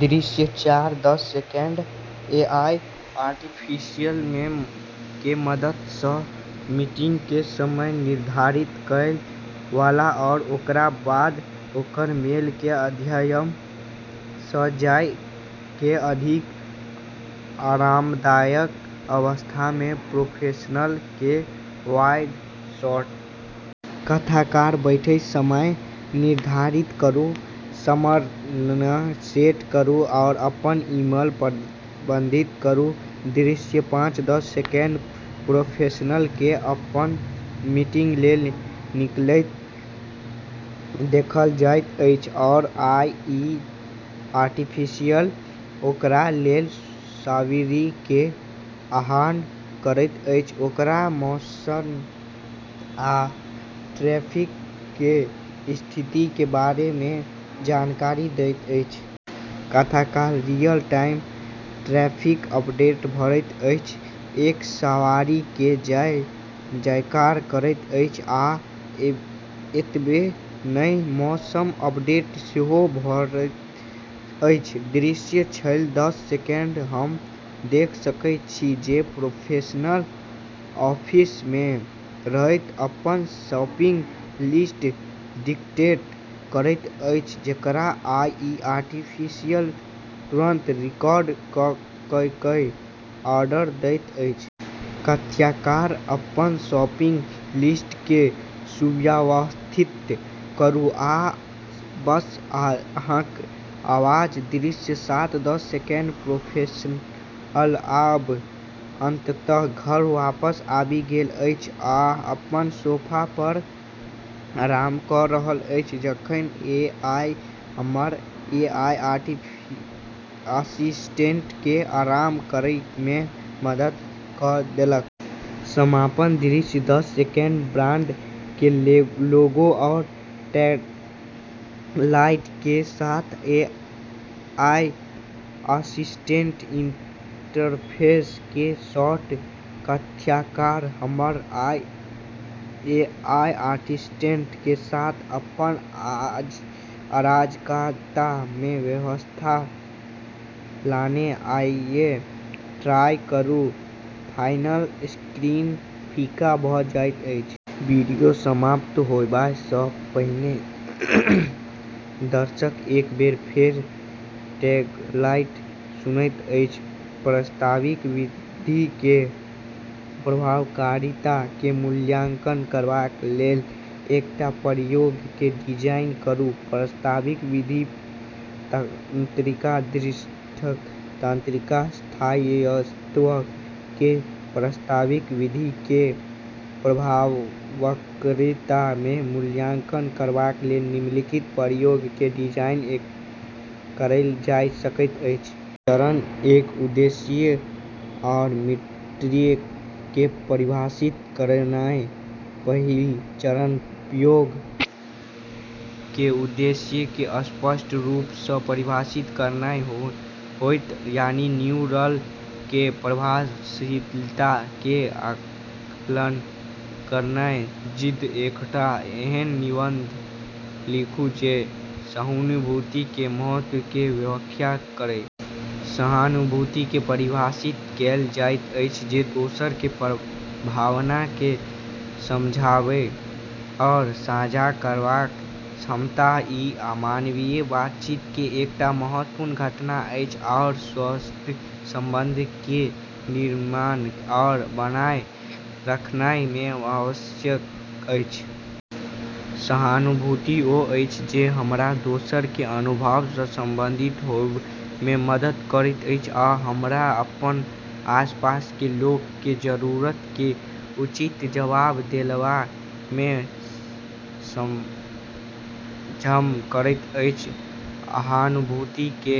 दृश्य चार दस सेकंड एआई असिस्टेंट के मदद सँ मीटिंग के समय निर्धारित करय वाला आ ओकरा बाद ओकर मेल के माध्यम सँ जाय कए अधिक आरामदायक अवस्था मे प्रोफेशनल के वाइड शॉट। कथाकार बैठक समय निर्धारित करू, स्मरण सेट करू, आ अपन ईमेल प्रबंधित करू। दृश्य पाँच दस सेकंड प्रोफेशनल के अपन मीटिंग लेल निकलैत देखल जाइत अछि आ एआई असिस्टेंट ओकरा लेल सवारी के आह्वान करैत अछि, ओकरा मौसम आ ट्रैफिक के स्थिति के बारे मे जानकारी दैत अछि। कथाकार रियल-टाइम ट्रैफिक अपडेट भेटैत अछि, एक सवारी के जय-जयकार करैत अछि, आ एतबे नहि मौसम अपडेट सेहो भेटैत अछि। दृश्य छह दस सेकंड हम देख सकैत छी जे प्रोफेशनल ऑफिस मे रहैत अपन शॉपिंग लिस्ट डिक्टेट करैत अछि, जकरा एआई असिस्टेंट तुरंत रिकॉर्ड कए कए ऑर्डर दैत अछि। कथ्यकार अपन शॉपिंग लिस्ट के सुव्यवस्थित करू आ बस अहाँक आवाज। दृश्य सात दस सेकंड प्रोफेशनल आब अंततः घर वापस आबि गेल अछि, आ अपन सोफा पर आराम कए रहल अछि जखन एआई हमर एआई असिस्टेंट के आराम करब मे मदद कए देलक। समापन दृश्य दस सेकंड ब्रांड के लोगो आ टैगलाइन के साथ एआई असिस्टेंट इंटरफेस के शॉट। कथ्यकार हमर एआई असिस्टेंट के साथ अपन अराजकता मे व्यवस्था लानै। आइये ट्राई करू। फाइनल स्क्रीन फीका भ जाइत अछि। वीडियो समाप्त होयबा सँ पहिने दर्शक एक बेर फेर टैगलाइन सुनैत छथि। प्रस्तावित विधि के प्रभावकारिता के मूल्यांकन करबा लेल एकटा प्रयोग के डिजाइन करू। प्रस्तावित विधि तंत्रिका दृढ़ता। तंत्रिका स्थायित्व के प्रस्तावित विधि के प्रभावकारिता के मूल्यांकन करबा लेल निम्नलिखित प्रयोग के डिजाइन कएल जा सकैत अछि। चरण एक उद्देश्य आ मीट्रिक के परिभाषित करनाय। पहिल चरण प्रयोग के उद्देश्य के स्पष्ट रूप सँ परिभाषित करनाय होयत, यानी न्यूरल के प्रभावशीलता के आकलन करनाय जिद। एकटा एहन निबंध लिखू जे सहानुभूति के महत्व के व्याख्या करय। सहानुभूति के परिभाषित कएल जाइत अछि जे दोसर के भावना के समझब आ साझा करबाक क्षमता। ई मानवीय बातचीत के एकटा महत्वपूर्ण घटक अछि आ स्वस्थ संबंध के निर्माण आ बनाए रखनाय मे आवश्यक अछि। सहानुभूति ओ अछि जे हमरा दोसर के अनुभव सँ संबंधित होयब मे मदद करैत अछि आ हमरा अपन आसपास के लोक के जरूरत के उचित जवाब देबा मे सक्षम करैत अछि। सहानुभूति के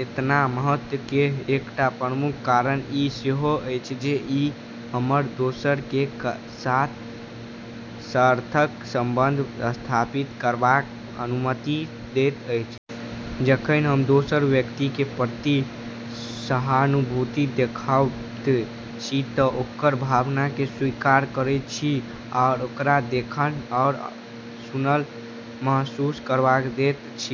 एतना महत्व के एकटा प्रमुख कारण ई सेहो अछि जे ई हमरा दोसर के साथ सार्थक संबंध स्थापित करबाक अनुमति दैत अछि। जखन हम दोसर व्यक्ति के प्रति सहानुभूति देखाबैत छी त ओकर भावना के स्वीकार करैत छी आ ओकरा देखल आ सुनल महसूस करब दैत छी।